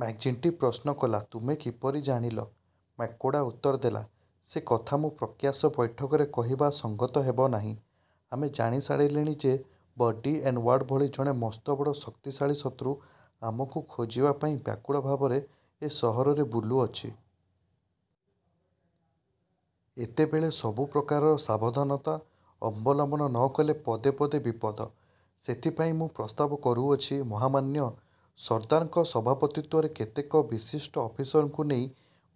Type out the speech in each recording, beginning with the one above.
McGinty ପ୍ରଶ୍ନ କଲା, ତୁମେ କିପରି ଜାଣିଲ? ମ୍ୟାକୋର୍ଡ଼ା ଉତ୍ତର ଦେଲା, ସେ କଥା ମୁଁ ପ୍ରକାଶ୍ୟ ବୈଠକରେ କହିବା ସଙ୍ଗତ ହେବ ନାହିଁ। ଆମେ ଜାଣିସାରିଲେଣି ଯେ, ବର୍ଡ଼ି ଏନଓ୍ୟାର୍ଡ଼ ଭଳି ଜଣେ ମସ୍ତବଡ଼, ଶକ୍ତିଶାଳୀ ଶତ୍ରୁ ଆମକୁ ଖୋଜିବା ପାଇଁ ବ୍ୟାକୁଳ ଭାବରେ ଏ ସହରରେ ବୁଲୁଅଛି। ଏତେବେଳେ ସବୁ ପ୍ରକାର ସାବଧାନତା ଅବଲମ୍ବନ ନ କଲେ ପଦେ ପଦେ ବିପଦ। ସେଥିପାଇଁ ମୁଁ ପ୍ରସ୍ତାବ କରୁଅଛି, ମହାମାନ୍ୟ ସର୍ଦ୍ଦାରଙ୍କ ସଭାପତିତ୍ୱରେ କେତେକ ବିଶିଷ୍ଟ ଅଫିସରଙ୍କୁ ନେଇ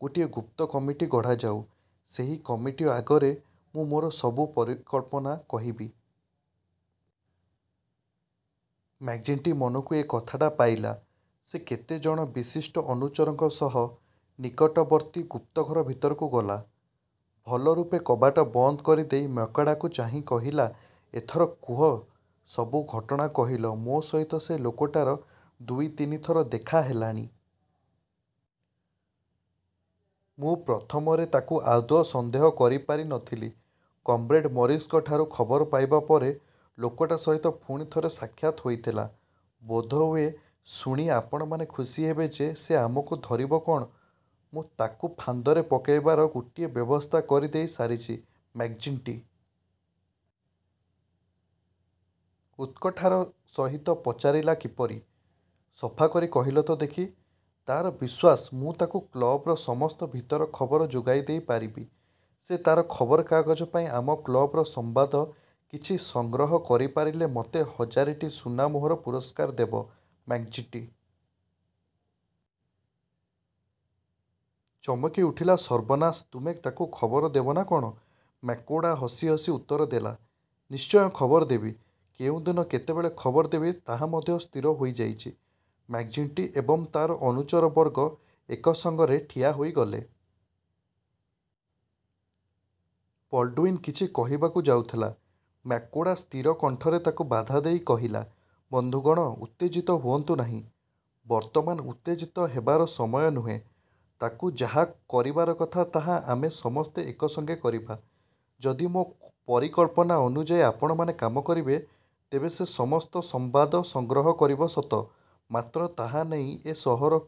ଗୋଟିଏ ଗୁପ୍ତ କମିଟି ଗଢ଼ାଯାଉ। ସେହି କମିଟି ଆଗରେ ମୁଁ ମୋର ସବୁ ପରିକଳ୍ପନା କହିବି। ମ୍ୟାକ୍ଜିଣ୍ଟି ମନକୁ ଏ କଥାଟା ପାଇଲା। ସେ କେତେ ଜଣ ବିଶିଷ୍ଟ ଅନୁଚରଙ୍କ ସହ ନିକଟବର୍ତ୍ତୀ ଗୁପ୍ତଘର ଭିତରକୁ ଗଲା। ଭଲରୂପେ କବାଟ ବନ୍ଦ କରିଦେଇ ମ୍ୟାକୋର୍ଡ଼ା କୁ ଚାହିଁ କହିଲା, ଏଥର କୁହ, ସବୁ ଘଟଣା କହିଲ ମୋ ସହିତ ସେ ଲୋକଟାର ଦୁଇତିନି ଥର ଦେଖା ହେଲାଣି। ମୁଁ ପ୍ରଥମରେ ତାକୁ ଆଦୌ ସନ୍ଦେହ କରିପାରି ନ ଥିଲି। କମ୍ରେଡ଼ ମରିସଙ୍କଠାରୁ ଖବର ପାଇବା ପରେ ଲୋକଟା ସହିତ ପୁଣି ଥରେ ସାକ୍ଷାତ ହୋଇଥିଲା। ବୋଧହୁଏ ଶୁଣି ଆପଣମାନେ ଖୁସି ହେବେ ଯେ, ସେ ଆମକୁ ଧରିବ କଣ, ମୁଁ ତାକୁ ଫାନ୍ଦରେ ପକାଇବାର ଗୋଟାଏ ବ୍ୟବସ୍ଥା କରିଦେଇ ସାରିଛି। ମ୍ୟାକ୍ଜିଣ୍ଟି ଉତ୍କଣ୍ଠାର ସହିତ ପଚାରିଲା କିପରି? ସଫା କରି କହିଲ ତ ଦେଖି। ତାର ବିଶ୍ୱାସ, ମୁଁ ତାକୁ କ୍ଳବର ସମସ୍ତ ଭିତର ଖବର ଯୋଗାଇଦେଇପାରିବି। ସେ ତାର ଖବରକାଗଜ ପାଇଁ ଆମ କ୍ଳବର ସମ୍ବାଦ କିଛି ସଂଗ୍ରହ କରିପାରିଲେ ମୋତେ ହଜାରେଟି ସୁନା ମୋହର ପୁରସ୍କାର ଦେବ। ମ୍ୟାକ୍ଜିଣ୍ଟି ଚମକି ଉଠିଲା, ସର୍ବନାଶ, ତୁମେ ତାକୁ ଖବର ଦେବ ନା କଣ? ମ୍ୟାକୋର୍ଡ଼ା ହସିହସି ଉତ୍ତର ଦେଲା, ନିଶ୍ଚୟ ଖବର ଦେବି। କେଉଁ ଦିନ କେତେବେଳେ ଖବର ଦେବି, ତାହା ମଧ୍ୟ ସ୍ଥିର ହୋଇଯାଇଛି। ମ୍ୟାକ୍ଜିଣ୍ଟି ଏବଂ ତାର ଅନୁଚରବର୍ଗ ଏକସଙ୍ଗରେ ଠିଆ ହୋଇଗଲେ। ବଲ୍ଡ଼ୁଇନ କିଛି କହିବାକୁ ଯାଉଥିଲା, ମ୍ୟାକୋର୍ଡ଼ା ସ୍ଥିର କଣ୍ଠରେ ତାକୁ ବାଧା ଦେଇ କହିଲା, ବନ୍ଧୁଗଣ, ଉତ୍ତେଜିତ ହୁଅନ୍ତୁ ନାହିଁ। ବର୍ତ୍ତମାନ ଉତ୍ତେଜିତ ହେବାର ସମୟ ନୁହେଁ। ତାକୁ ଯାହା କରିବାର କଥା, ତାହା ଆମେ ସମସ୍ତେ ଏକସଙ୍ଗେ କରିବା। ଯଦି ମୋ ପରିକଳ୍ପନା ଅନୁଯାୟୀ ଆପଣମାନେ କାମ କରିବେ, ତେବେ ସେ ସମସ୍ତ ସମ୍ବାଦ ସଂଗ୍ରହ କରିବ ସତ; ମାତ୍ର ତାହା ନେଇ ଏ ସହର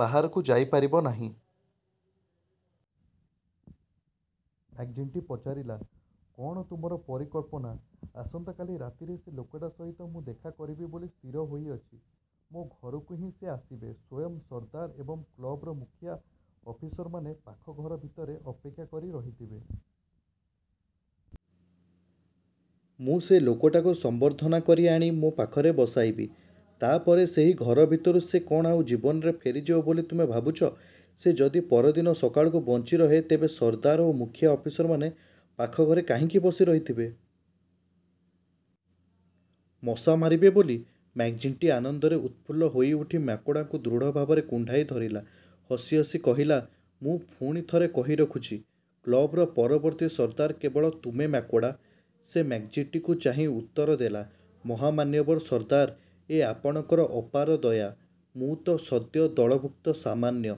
ବାହାରକୁ ଯାଇପାରିବ ନାହିଁ। ମ୍ୟାକ୍ଜିଣ୍ଟି ପଚାରିଲା, କଣ ତୁମର ପରିକଳ୍ପନା? ଆସନ୍ତା କାଲି ରାତିରେ ସେ ଲୋକଟା ସହିତ ମୁଁ ଦେଖା କରିବି ବୋଲି ସ୍ଥିର ହୋଇଅଛି। ମୋ ଘରକୁ ହିଁ ସେ ଆସିବେ। ସ୍ୱୟଂ ସର୍ଦ୍ଦାର ଏବଂ କ୍ଳବର ମୁଖିଆ ଅଫିସରମାନେ ପାଖ ଘର ଭିତରେ ଅପେକ୍ଷା କରି ରହିଥିବେ। ମୁଁ ସେ ଲୋକଟାକୁ ସମ୍ବର୍ଦ୍ଧନା କରି ଆଣି ମୋ ପାଖରେ ବସାଇବି। ତା ପରେ ସେହି ଘର ଭିତରୁ ସେ କଣ ଆଉ ଜୀବନରେ ଫେରିଯିବ ବୋଲି ତୁମେ ଭାବୁଛ? ସେ ଯଦି ପର ଦିନ ସକାଳକୁ ବଞ୍ଚିରହେ, ତେବେ ସର୍ଦ୍ଦାର ଓ ମୁଖିଆ ଅଫିସରମାନେ ପାଖ ଘରେ କାହିଁକି ବସି ରହିଥିବେ? ମଶା ମାରିବେ ବୋଲି? ମ୍ୟାକ୍ଜିଣ୍ଟି ଆନନ୍ଦରେ ଉତ୍ଫୁଲ୍ଲ ହୋଇଉଠି ମ୍ୟାକୋର୍ଡ଼ାକୁ ଦୃଢ଼ଭାବରେ କୁଣ୍ଢାଇ ଧରିଲା। ହସିହସି କହିଲା, ମୁଁ ପୁଣି ଥରେ କହି ରଖୁଛି, କ୍ଳବର ପରବର୍ତ୍ତୀ ସର୍ଦ୍ଦାର କେବଳ ତୁମେ ।ସେ ମ୍ୟାକ୍ଜିଣ୍ଟିକୁ ଚାହିଁ ଉତ୍ତର ଦେଲା, ମହାମାନ୍ୟବର ସର୍ଦ୍ଦାର, ଏ ଆପଣଙ୍କର ଅପାର ଦୟା। ମୁଁ ତ ସଦ୍ୟ ଦଳଭୁକ୍ତ ସାମାନ୍ୟ..